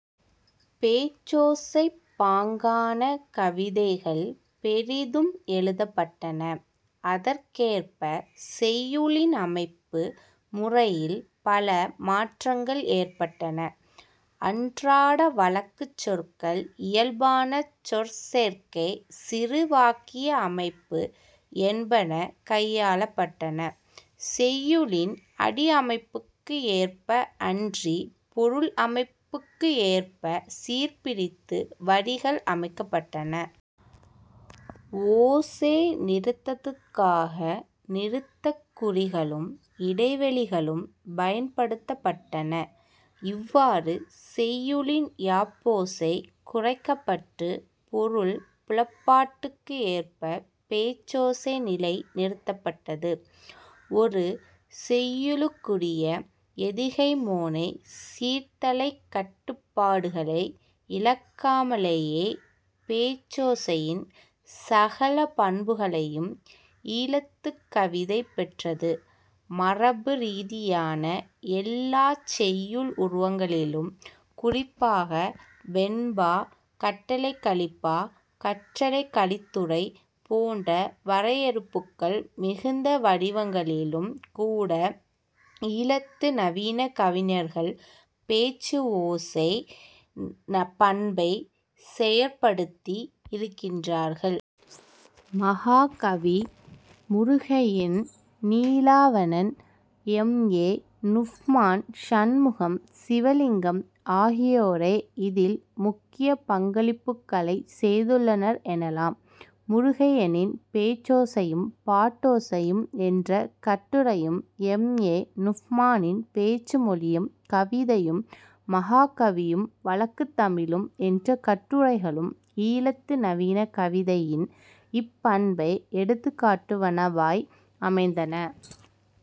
பேச்சோசைப் பாங்கான கவிதைகள் பெரிதும் எழுதப்பட்டன. அதற்கேற்ப செய்யுளின் அமைப்பு முறையில் பல மாற்றங்கள் ஏற்பட்டன. அன்றாட வழக்குச் சொற்கள் இயல்பான சொற் சேர்க்கை, சிறு வாக்கிய அமைப்பு என்பன கையாளப்பட்டன. செய்யுளின் அடி அமைப்புக்கு ஏற்ப அன்றி, பொருள் அமைப்புக்கு ஏற்ப சீர்பிரித்து வரிகள் அமைக்கப்பட்டன. ஓசை நிறுத்தத்துக்காக நிறுத்தக் குறிகளும் இடைவௌி களும் பயன்படுத்தப்பட்டன. இவ்வாறு செய்யுளின் யாப்போசை குறைக்கப்பட்டு பொருள் புலப்பாட்டுக்கு ஏற்ப பேச்சோசை நிலை நிறுத்தப்பட்டது. ஒரு செய்யுளுக்குரிய எதுகைமோனை, சீர்தளைக் கட்டுப்பாடுகளை இழக்காமலேயே பேச்சோசையின் சகல பண்புகளையும் ஈழத்துக்கவிதை பெற்றது. மரபு ரீதியான எல்லாச் செய்யுள் உருவங்களிலும் குறிப்பாக வெண்பா, கட்டளைக்கலிப்பா, கட்டளைக் கலித்துறை போன்ற வரையறுப்புக்கள் மிகுந்த வடிவங்களிலும் கூட ஈழத்து நவீன கவிஞர்கள் பேச்சு ஓசைப் பண்பைச் செயற்படுத்தி இருக்கின்றார்கள். மஹாகவி, முருகையன், நீலாவணன், எம். ஏ. நுஃமான், சண்முகம் சிவலிங்கம் ஆகியோரே இதில் முக்கிய பங்களிப்புக்களைச் செய்துள்ளனர் எனலாம். முருகையனின் 'பேச்சோசையும் பாட்டோசையும்' என்ற கட்டுரையும் எம். ஏ. நுஃமானின் 'பேச்சுமொழியும் கவிதையும்' 'மஹாகவியும் வழக்குத் தமிழும்' என்ற கட்டுரைகளும் ஈழத்து நவீன கவிதையின் இப்பண்பை எடுத்துக் காட்டுவனவாய் அமைந்தன.